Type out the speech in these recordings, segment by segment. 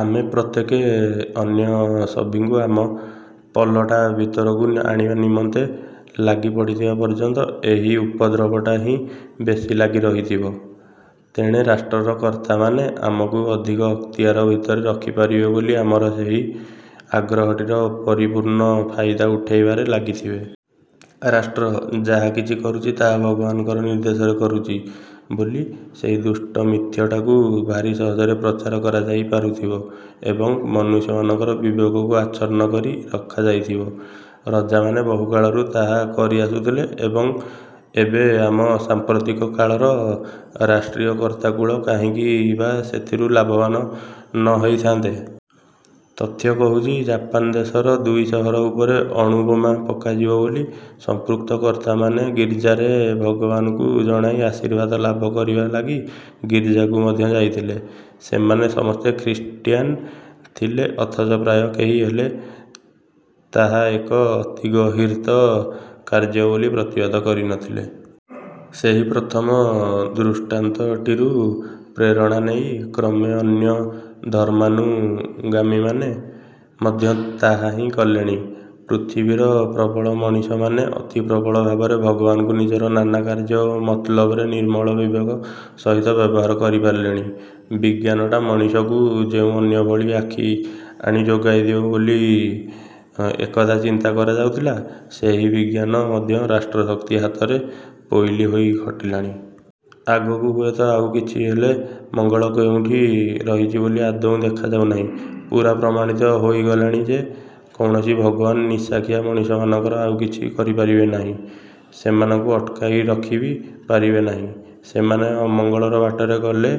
ଆମେ ପ୍ରତ୍ୟେକେ ଅନ୍ୟ ସଭିଙ୍କୁ ଆମ ପଲଟା ଭିତରକୁ ଆଣିବା ନିମନ୍ତେ ଲାଗି ପଡ଼ିଥିବା ପର୍ଯ୍ୟନ୍ତ ଏହି ଉପଦ୍ରବଟା ହିଁ ବେଶୀ ଲାଗି ରହିଥିବ। ତେଣେ ରାଷ୍ଟ୍ରର କର୍ତ୍ତାମାନେ ଆମକୁ ଅଧିକ ଅକ୍ତିଆର ଭିତରେ ରଖିପାରିବେ ବୋଲି ଆମର ସେହି ଆଗ୍ରହଟିର ପରିପୂର୍ଣ୍ଣ ଫାଇଦା ଉଠାଇବାରେ ଲାଗିଥିବେ। ରାଷ୍ଟ୍ର. ଯାହାକିଛି କରୁଛି ତାହା ଭଗବାନଙ୍କର ନିର୍ଦ୍ଦେଶରେ କରୁଛି ବୋଲି ସେହି ଦୁଷ୍ଟ ମିଥ୍ୟଟାକୁ ଭାରି ସହଜରେ ପ୍ରଚାର କରାଯାଇ ପାରୁଥିବ ଏବଂ ମନୁଷ୍ୟମାନଙ୍କର ବିବେକକୁ ଆଛନ୍ନ କରି ରଖାଯାଇଥିବ। ରଜାମାନେ ବହୁକାଳରୁ ତାହା କରି ଆସୁଥିଲେ ଏବଂ ଏବେ ଆମ ସାମ୍ପ୍ରତିକ କାଳର ରାଷ୍ଟ୍ରୀୟ କର୍ତ୍ତାକୁଳ କାହିଁକି ବା ସେଥିରୁ ଲାଭବାନ ନ ହୋଇଥାନ୍ତେ? ତଥ୍ୟ କହୁଛି ଜାପାନ ଦେଶର ଦୁଇ ସହର ଉପରେ ଅଣୁବୋମା ପକାଯିବ ବୋଲି ସମ୍ପୃକ୍ତ କର୍ତ୍ତାମାନେ ଗୀର୍ଜାରେ ଭଗବାନଙ୍କୁ ଜଣାଇ ଆଶୀର୍ବାଦ ଲାଭ କରିବା ଲାଗି ଗୀର୍ଜାକୁ ମଧ୍ୟ ଯାଇଥିଲେ। ସେମାନେ ସମସ୍ତେ ଖ୍ରୀଷ୍ଟିଆନ ଥିଲେ ଅଥଚ ପ୍ରାୟ କେହି ହେଲେ ତାହା ଏକ ଅତି ଗର୍ହିତ କାର୍ଯ୍ୟ ବୋଲି ପ୍ରତିବାଦ କରିନଥିଲେ। ସେହି ପ୍ରଥମ ଦୃଷ୍ଟାନ୍ତଟିରୁ ପ୍ରେରଣା ନେଇ କ୍ରମେ ଅନ୍ୟ ଧର୍ମାନୁଗାମୀମାନେ ମଧ୍ୟ ତାହା ହିଁ କଲେଣି। ପୃଥିବୀର ପ୍ରବଳ ମଣିଷମାନେ ଅତି ପ୍ରବଳ ଭାବରେ ଭଗବାନଙ୍କୁ ନିଜର ନାନା କାର୍ଯ୍ୟ ଓ ମତଲବରେ ନିର୍ମଳ ବିବେକ ସହିତ ବ୍ୟବହାର କରିପାରିଲେଣି। ବିଜ୍ଞାନଟା ମଣିଷକୁ ଯେଉଁ ଅନ୍ୟଭଳି ଆଖି ଆଣି ଯୋଗାଇଦେବ ବୋଲି ଏକଦା ଚିନ୍ତା କରାଯାଉଥିଲା, ସେହି ବିଜ୍ଞାନ ମଧ୍ୟ ରାଷ୍ଟ୍ରଶକ୍ତି ହାତରେ ପୋଇଲୀ ହୋଇ ଖଟିଲାଣି। ଆଗକୁ ହୁଏତ ଆଉ କିଛିହେଲେ ମଙ୍ଗଳ କେଉଁଠି ରହିଛି ବୋଲି ଆଦୌ ଦେଖାଯାଉ ନାହିଁ। ପୂରା ପ୍ରମାଣିତ ହୋଇଗଲାଣି ଯେ କୌଣସି ଭଗବାନ ନିଶାଖିଆ ମଣିଷମାନଙ୍କର ଆଉ କିଛି କରିପାରିବେ ନାହିଁ । ସେମାନଙ୍କୁ ଅଟକାଇ ରଖି ବି ପାରିବେ ନାହିଁ। ସେମାନେ ଅମଙ୍ଗଳର ବାଟରେ ଗଲେ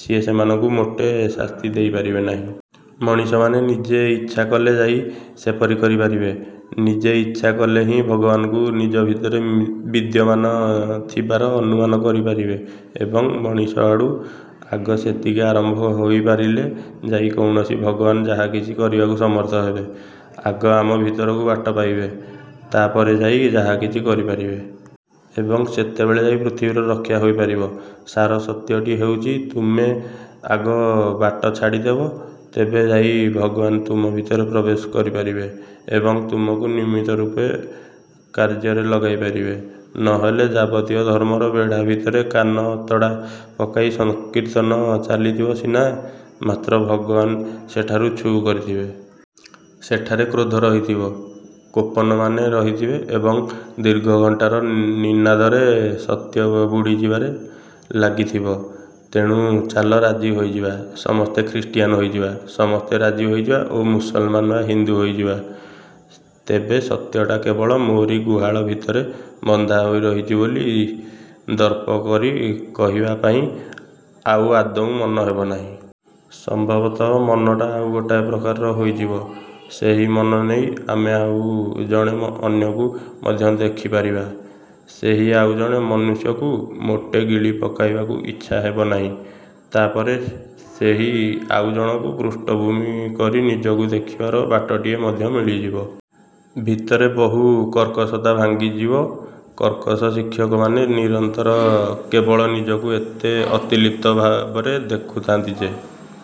ସିଏ ସେମାନଙ୍କୁ ମୋଟେ ଶାସ୍ତି ଦେଇପାରିବେ ନାହିଁ। ମଣିଷମାନେ ନିଜେ ଇଚ୍ଛା କଲେ ଯାଇ ସେପରି କରିପାରିବେ। ନିଜେ ଇଚ୍ଛା କଲେ ହିଁ ଭଗବାନଙ୍କୁ ନିଜ ଭିତରେ ବିଦ୍ୟମାନ ଥିବାର ଅନୁମାନ କରିପାରିବେ ଏବଂ ମଣିଷ ଆଡୁ ଆଗ ସେତିକି ଆରମ୍ଭ ହୋଇପାରିଲେ ଯାଇ କୌଣସି ଭଗବାନ ଯାହାକିଛି କରିବାକୁ ସମର୍ଥ ହେବେ। ଆଗ ଆମ ଭିତରକୁ ବାଟ ପାଇବେ, ତାପରେ ଯାଇ ଯାହାକିଛି କରିପାରିବେ। ଏବଂ ସେତେବେଳେ ଯାଇ ପୃଥିବୀର ରକ୍ଷା ହୋଇପାରିବ। ସାର ସତ୍ୟଟି ହେଉଛି ତୁମେ ଆଗ ବାଟ ଛାଡ଼ିଦେବ ତେବେ ଯାଇ ଭଗବାନ ତୁମ ଭିତରେ ପ୍ରବେଶ କରିପାରିବେ ଏବଂ ତୁମକୁ ନିମିତ୍ତ ରୂପେ କାର୍ଯ୍ୟରେ ଲଗାଇ ପାରିବେ। ନହେଲେ ଯାବତୀୟ ଧର୍ମର ବେଢ଼ା ଭିତରେ କାନ ଅତଡ଼ା ପକାଇ ସଂକୀର୍ତ୍ତନ ଚାଲିଥିବ ସିନା ମାତ୍ର ଭଗବାନ ସେଠାରୁ ଛୁ କରିଥିବେ। ସେଠାରେ କ୍ରୋଧ ରହିଥିବ, କୋପନମାନେ ରହିଥିବେ ଏବଂ ଦୀର୍ଘ ଘଣ୍ଟାର ନିନାଦରେ ସତ୍ୟ ବୁଡ଼ିଯିବାରେ ଲାଗିଥିବ। ତେଣୁ ଚାଲ ରାଜି ହୋଇଯିବା, ସମସ୍ତେ ଖ୍ରୀଷ୍ଟିଆନ ହୋଇଯିବା। ସମସ୍ତେ ରାଜି ହୋଇଯିବା ଓ ମୁସଲମାନ ବା ହିନ୍ଦୁ ହୋଇଯିବା। ତେବେ ସତ୍ୟଟା କେବଳ ମୋରି ଗୁହାଳ ଭିତରେ ବନ୍ଧା ହୋଇ ରହିଛି ବୋଲି ଦର୍ପ କରି କହିବା ପାଇଁ ଆଉ ଆଦୌ ମନ ହେବନାହିଁ। ସମ୍ଭବତଃ ମନଟା ଆଉ ଗୋଟାଏ ପ୍ରକାରର ହୋଇଯିବ। ସେହି ମନ ନେଇ ଆମେ ଆଉ ଜଣେ ଅନ୍ୟକୁ ମଧ୍ୟ ଦେଖିପାରିବା। ସେହି ଆଉଜଣେ ମନୁଷ୍ୟକୁ ମୋଟେ ଗିଳି ପକାଇବାକୁ ଇଚ୍ଛା ହେବନାହିଁ। ତାପରେ ସେହି ଆଉଜଣକୁ ପୃଷ୍ଠଭୂମି କରି ନିଜକୁ ଦେଖିବାର ବାଟଟିଏ ମଧ୍ୟ ମିଳିଯିବ। ଭିତରେ ବହୁ କର୍କଶତା ଭାଙ୍ଗିଯିବ। କର୍କଶ ଶିକ୍ଷକମାନେ ନିରନ୍ତର କେବଳ ନିଜକୁ ଏତେ ଅତିଲିପ୍ତ ଭାବରେ ଦେଖୁଥାନ୍ତି ଯେ